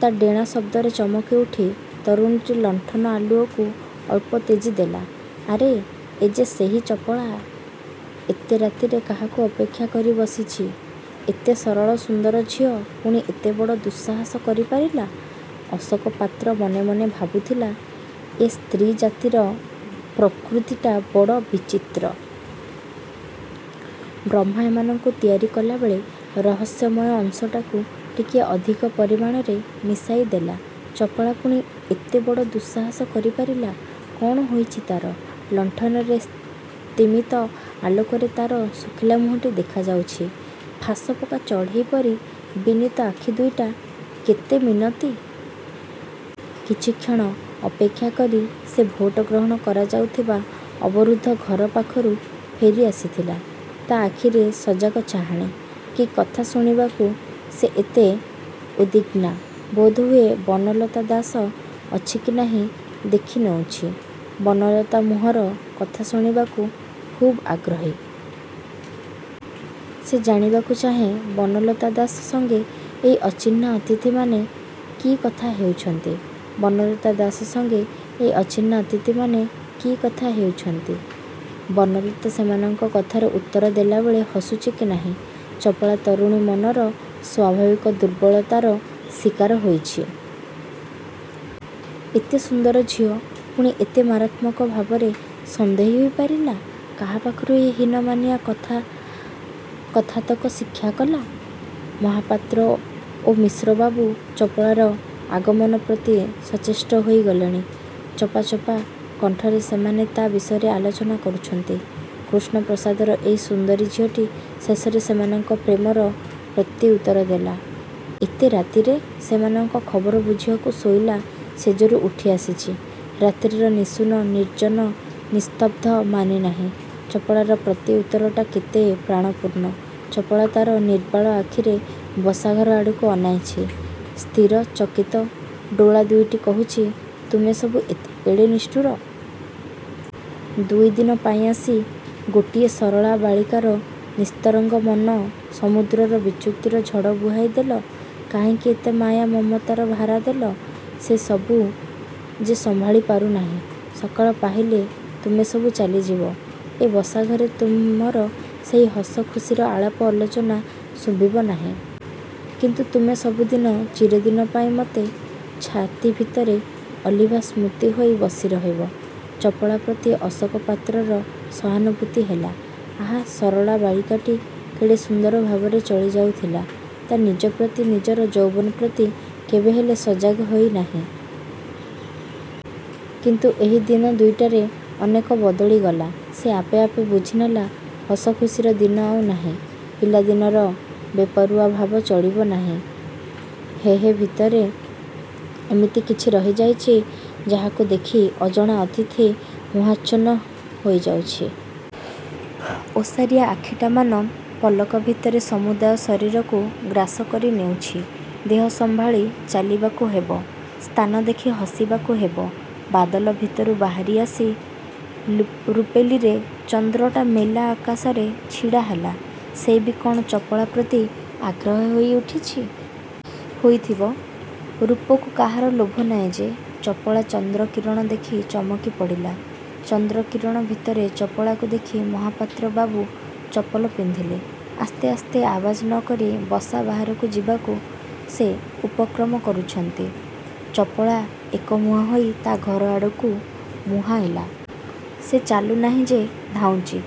ତା' ଡେଣା ଶବ୍ଦରେ ଚମକି ଉଠି ତରୁଣୀଟି ଲଣ୍ଠନ ଆଲୁଅକୁ ଅଳ୍ପ ତେଜି ଦେଲା। ଆରେ ଏଯେ ସେହି ଚପଳା! ଏତେ ରାତିରେ କାହାକୁ ଅପେକ୍ଷା କରି ବସିଛି? ଏତେ ସରଳ ସୁନ୍ଦର ଝିଅ ପୁଣି ଏତେବଡ଼ ଦୁଃସାହସ କରିପାରିଲା? ଅଶୋକ ପାତ୍ର ମନେ ମନେ ଭାବୁଥିଲା, ଏ ସ୍ତ୍ରୀ ଜାତିର ପ୍ରକୃତିଟା ବଡ଼ ବିଚିତ୍ର। ବ୍ରହ୍ମା ଏମାନଙ୍କୁ ତିଆରି କଲାବେଳେ ରହସ୍ୟମୟ ଅଂଶଟାକୁ ଟିକିଏ ଅଧିକ ପରିମାଣରେ ମିଶାଇ ଦେଲା। ଚପଳା ପୁଣି ଏତେ ବଡ଼ ଦୁଃସାହସ କରିପାରିଲା? କ'ଣ ହୋଇଛି ତା'ର? ଲଣ୍ଠନର ସ୍ତିମୀତ ଆଲୋକରେ ତା'ର ଶୁଖିଲା ମୁହଁଟି ଦେଖାଯାଉଛି। ଫାଶପକା ଚଢ଼େଇ ପରି ବିନୀତ ଆଖି ଦୁଇଟାରେ କେତେ ମିନତି! କିଛିକ୍ଷଣ। ଅପେକ୍ଷା କରି ସେ ଭୋଟ ଗ୍ରହଣ କରାଯାଉଥିବା ଅବରୁଦ୍ଧ ଘର ପାଖକୁ ଫେରି ଆସିଥିଲା। ତା' ଆଖିରେ ସଜାଗ ଚାହାଣୀ! କି କଥା ଶୁଣିବାକୁ ସେ ଏତେ ଉଦ୍ବିଗ୍ନା? ବୋଧହୁଏ ବନଲତା ଦାସ ଅଛି କି ନାହିଁ ଦେଖି ନେଉଛି। ବନଲତା ମୁହଁର କଥା ଶୁଣିବାକୁ ଖୁବ୍ଆଗ୍ରହୀ। ସେ ଜାଣିବାକୁ ଚାହେଁ, ବନଲତା ଦାସ ସଙ୍ଗେ ଏହି ଅଚିହ୍ନା ଅତିଥିମାନେ କି କଥା ହେଉଛନ୍ତି। ବନଲତା ଦାସ ସଙ୍ଗେ ଏହି ଅଚିହ୍ନା ଅତିଥିମାନେ କି କଥା ହେଉଛନ୍ତି। ବନଲତା ସେମାନଙ୍କ କଥାର ଉତ୍ତର ଦେଲାବେଳେ ହସୁଛି କି ନାହିଁ। 'ଚପଳା' ତରୁଣୀ ମନର ସ୍ୱାଭାବିକ ଦୁର୍ବଳତାର ଶିକାର ହୋଇଛି। ଏତେ ସୁନ୍ଦର ଝିଅ ପୁଣି ଏତେ ମାରାତ୍ମକ ଭାବରେ ସନ୍ଦେହୀ ହୋଇ ପାରିଲା? କାହାପାଖରୁ ଏ ହୀନମାନିଆ କଥାତକ ଶିକ୍ଷା କଲା? ମହାପାତ୍ର ଓ ମିଶ୍ରବାବୁ ଚପଳାର ଆଗମନପ୍ରତି ସଚେଷ୍ଟ ହୋଇ ଗଲେଣି। ଚପା, ଚପା କଣ୍ଠରେ ସେମାନେ ତା ବିଷୟରେ ଆଲୋଚନା କରୁଛନ୍ତି। କୃଷ୍ଣପ୍ରସାଦର ଏଇ ସୁନ୍ଦରୀ ଝିଅଟି ଶେଷରେ ସେମାନଙ୍କ ପ୍ରେମର ପ୍ରତିଉତ୍ତର ଦେଲା-। ଏତେ ରାତିରେ ସେମାନଙ୍କ ଖବର ବୁଝିବାକୁ ଶୋଇଲା ଶେଯରୁ ଉଠି ଆସିଛି-। ରାତ୍ରିର ନିଶୂନ, ନିର୍ଜନ ନିସ୍ତବ୍ଧକୁ ମାନି ନାହିଁ। ଚପଳାର ପ୍ରତିଉତ୍ତରଟା କେତେ ପ୍ରାଣପୂର୍ଣ୍ଣ। ଚପଳା ତା'ର ନିର୍ବାଳ ଆଖିରେ ବସାଘର ଆଡ଼କୁ ଅନାଇଛି। ସ୍ଥିର, ଚକିତ ଡୋଳା ଦୁଇଟି କହୁଛି, ତୁମେ ସବୁ ଏଡ଼େ ନିଷ୍ଠୁର? ଦୁଇଦିନ ପାଇଁ ଆସି ଗୋଟିଏ ସରଳା ବାଳିକାର ନିସ୍ତରଙ୍ଗ ମନ–ସମୁଦ୍ରର ବିଚ୍ୟୁତିର ଝଡ଼ ବୁହାଇ ଦେଲ। କାହିଁକି ଏତେ ମାୟା, ମମତାର ଭାରା ଦେଲ? ସେ ସବୁ ଯେ ସମ୍ଭାଳି ପାରୁ ନାହିଁ। ସକାଳ ପାହିଲେ ତୁମେ ସବୁ ଚାଲିଯିବ। ଏ ବସାଘରେ ତୁମର ସେହି ହସ ଖୁସିର ଆଳାପ ଆଲୋଚନା ଶୁଭିବ ନାହିଁ। କିନ୍ତୁ ତୁମେ ସବୁ ଚିରଦିନ ପାଇଁ ମତେ ଛାତି ଭିତରେ ଅଲିଭା ସ୍ମୃତି ହୋଇ ବସି ରହିବ। ଚପଳା ପ୍ରତି ଅଶୋକ ପାତ୍ରର ସହାନୁଭୂତି ହେଲା। ଆହା, ସରଳା ବାଳିକାଟି କେତେ ସୁନ୍ଦର ଭାବରେ ଚଳିଯାଉଥିଲା। ତା' ନିଜ ପ୍ରତି, ନିଜର ଯୌବନ ପ୍ରତି କେବେ ହେଲେ ସଜାଗ ହୋଇ ନାହିଁ। କିନ୍ତୁ ଏହି ଦିନ ଦୁଇଟାରେ ଅନେକ ବଦଳି ଗଲା। ସେ ଆପେ, ଆପେ ବୁଝିନେଲା, ହସଖୁସିର ଦିନ ଆଉ ନାହିଁ। ପିଲାଦିନର ବେପରୁଆ ଭାବ ଚଳିବ ନାହିଁ। ହେହ ଭିତରେ ଏମିତି କିଛି ରହି ଯାଇଛି, ଯାହାକୁ ଦେଖି ଅଜଣା ଅତିଥି ମୋହାଚ୍ଛନ୍ନ ହୋଇ ଯାଉଛି। ଓସାରିଆ ଆଖିଟାମାନ ପଲକ ଭିତରେ ସମୁଦାୟ ଶରୀରକୁ ଗ୍ରାସ କରି ନେଉଛି। ଦେହ ସମ୍ଭାଳି ଚାଲିବାକୁ ହେବ। ସ୍ଥାନ ଦେଖି ହସିବାକୁ ହେବ। ବାଦଲ ଭିତରୁ ବାହାରି ଆସି ରୂପେଲେରୀ ଚନ୍ଦ୍ରଟା ମେଲା ଆକାଶରେ ଛିଡ଼ା ହେଲା। ସେ ବି କଣ ଚପଳା ପ୍ରତି ଆଗ୍ରହୀ ହୋଇ ଉଠିଛି? ହୋଇଥିବ! ରୂପକୁ କାହାର ଲୋଭ ନାହିଁ ଯେ-? 'ଚପଳା' ଚନ୍ଦ୍ରକିରଣ ଦେଖି ଚମକି ପଡ଼ିଲା। ଚନ୍ଦ୍ରକିରଣ ଭିତରେ ଚପଳାକୁ ଦେଖି ମହାପାତ୍ରବାବୁ ଚପଲ ପିନ୍ଧିଲେ। ଆସ୍ତେ, ଆସ୍ତେ ଆବାଜ ନ କରି ବସା ବାହାରକୁ ଯିବାକୁ ସେ ଉପକ୍ରମ କରୁଛନ୍ତି। ଚପଳା ଏକମୁହାଁ ହୋଇ ତା' ଘର ଆଡ଼କୁ ମୁହାଁଇଲା। ସେ ଚାଲୁ ନାହିଁ ଯେ ଧାଉଁଛି।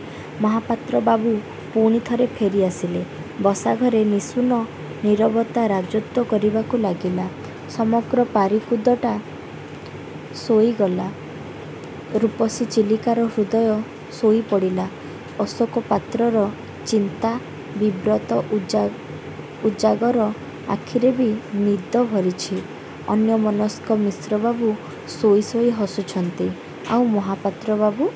ମହାପାତ୍ର ବାବୁ ପୁଣି ଥରେ ଫେରି ଆସିଲେ। ବସାଘରେ ନିଶୂନ ନୀରବତା ରାଜତ୍ୱ କରିବାକୁ ଲାଗିଲା। ସମଗ୍ର ପାରିକୁଦଟା ଶୋଇଗଲା। ରୂପସୀ ଚିଲିକାର ହୃଦୟ ଶୋଇ ପଡ଼ିଲା। ଅଶୋକ ପାତ୍ରର ଚିନ୍ତା–ବିବ୍ରତ ଉଜାଗର ଆଖିରେ ବି ନିଦ ଭରିଛି। ଅନ୍ୟମନସ୍କ ମିଶ୍ରବାବୁ ଶୋଇ, ଶୋଇ ହସୁଛନ୍ତି। ଆଉ ମହାପାତ୍ର ବାବୁ?